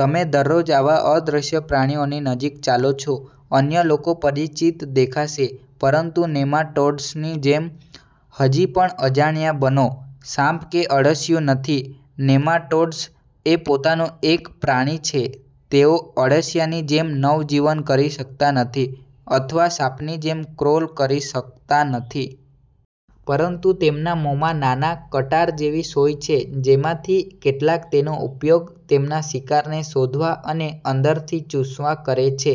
તમે દરરોજ આવા અદ્રશ્ય પ્રાણીઓની નજીક ચાલો છો. અન્ય લોકો પરિચિત દેખાશે, પરંતુ નેમાટોડ્સની જેમ, હજી પણ અજાણ્યા બનો. સાપ કે અળસિયું નથી, નેમાટોડ્સ એ પોતાનું એક પ્રાણી છે. તેઓ અળસિયાની જેમ નવજીવન કરી શકતા નથી અથવા સાપની જેમ ક્રોલ કરી શકતા નથી. પરંતુ તેમના મોંમાં નાના, કટાર જેવી સોય છે જેમાંથી કેટલાક તેનો ઉપયોગ તેમના શિકાર ને શોધવા અને અંદરથી ચૂસવા કરે છે.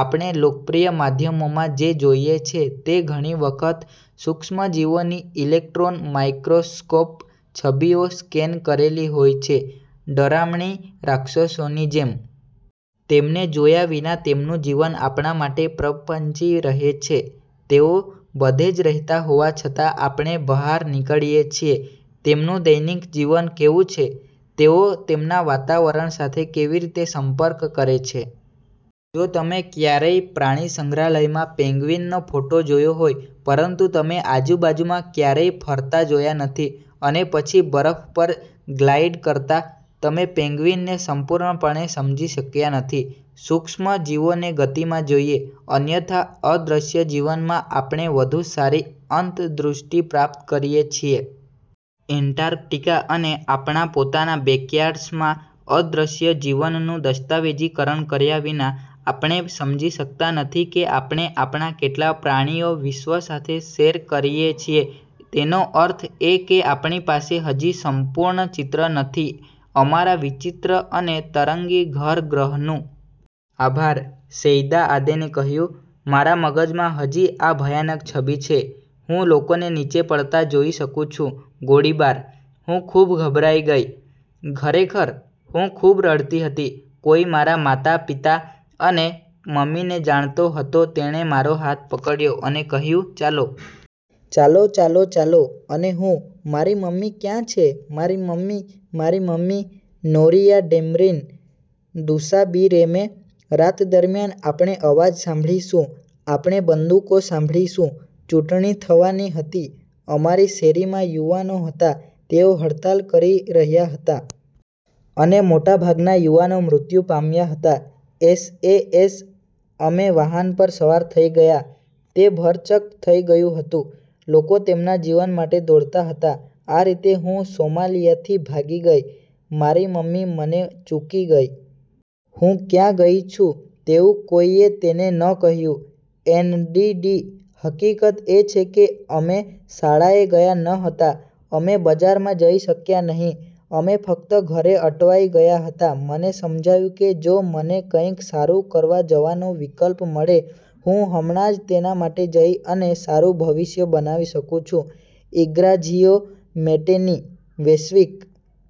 આપણે લોકપ્રિય માધ્યમોમાં જે જોઈએ છે તે ઘણી વખત સુક્ષ્મસજીવોની ઇલેક્ટ્રોન માઇક્રોસ્કોપ છબીઓ સ્કેન કરેલી હોય છે ડરામણી રાક્ષસો ની જેમ. તેમને જોયા વિના તેમનું જીવન આપણા માટે પ્રપંચી રહે છે તેઓ બધે જ રહેતા હોવા છતાં આપણે બહાર નીકળીએ છીએ. તેમનું દૈનિક જીવન કેવું છે? તેઓ તેમના વાતાવરણ સાથે કેવી રીતે સંપર્ક કરે છે? જો તમે ક્યારેય પ્રાણી સંગ્રહાલયમાં પેન્ગ્વીનનો ફોટો જોયો હોય, પરંતુ તમે આજુબાજુમાં ક્યારેય ફરતા જોયા નથી અને પછી બરફ પર ગ્લાઇડ કરતા, તમે પેન્ગ્વિનને સંપૂર્ણપણે સમજી શક્યા નથી. સૂક્ષ્મ જીવોને ગતિમાં જોઈને, અન્યથા અદૃશ્ય જીવનમાં આપણે વધુ સારી અંતદૃષ્ટિ પ્રાપ્ત કરીએ છીએ. એન્ટાર્કટિકા અને આપણા પોતાના બેકયાર્ડ્સમાં અદ્રશ્ય જીવનનું દસ્તાવેજીકરણ કર્યા વિના, આપણે સમજી શકતા નથી કે આપણે આપણા કેટલા પ્રાણીઓ વિશ્વ સાથે શેર કરીએ છીએ. તેનો અર્થ એ કે આપણી પાસે હજી સંપૂર્ણ ચિત્ર નથી અમારા વિચિત્ર અને તરંગી ઘર ગ્રહ નું. આભાર. સૈદા આદેને કહ્યું: મારા મગજમાં હજી આ ભયાનક છબી છે. હું લોકોને નીચે પડતા જોઈ શકુ છું, ગોળીબાર. હું ખૂબ ગભરાઈ ગઈ. ખરેખર, હું ખૂબ રડતી હતી. કોઈ મારા। પિતા અને મમ્મીને જાણતો હતો તેણે મારો હાથ પકડ્યો, અને કહ્યું, "ચાલો! ચાલો! ચાલો! ચાલો! " અને હું, "મારી મમ્મી ક્યાં છે? મારી મમ્મી? મારી મમ્મી? " નોરીઆ ડેમ્બ્રીન ડુસાબીરેમે: રાત દરમિયાન આપણે અવાજ સાંભળીશું, આપણે બંદૂકો સાંભળીશું. ચૂંટણી થવાની હતી. અમારી શેરીમાં યુવાનો હતા, તેઓ હડતાલ કરી રહ્યા હતા. અને મોટાભાગના યુવાનો મૃત્યુ પામ્યા હતા. એસ. એ. એસ.: અમે વાહન પર સવાર થઇ ગયા. તે ભરચક થઈ ગયું હતું. લોકો તેમના જીવન માટે દોડતા હતા. આ રીતે હું સોમાલિયાથી ભાગી ગઈ. મારી મમ્મી મને ચૂકી ગઈ. હું ક્યાં ગઈ છું તેવું કોઈએ તેને ન કહ્યું. એનડીડી: હકીકત એ છે કે અમે શાળાએ ગયા ન હતા, અમે બજારમાં જઈ શક્યા નહીં, અમે ફક્ત ઘરે અટવાઈ ગયા હતા મને સમજાયું કે જો મને કંઈક સારું કરવા જવાનો વિકલ્પ મળે, હું હમણાં જ તેના માટે જઈ અને સારું ભવિષ્ય બનાવી શકું છું. ઇગ્નાઝિઓ મેટ્ટેની: વૈશ્વિક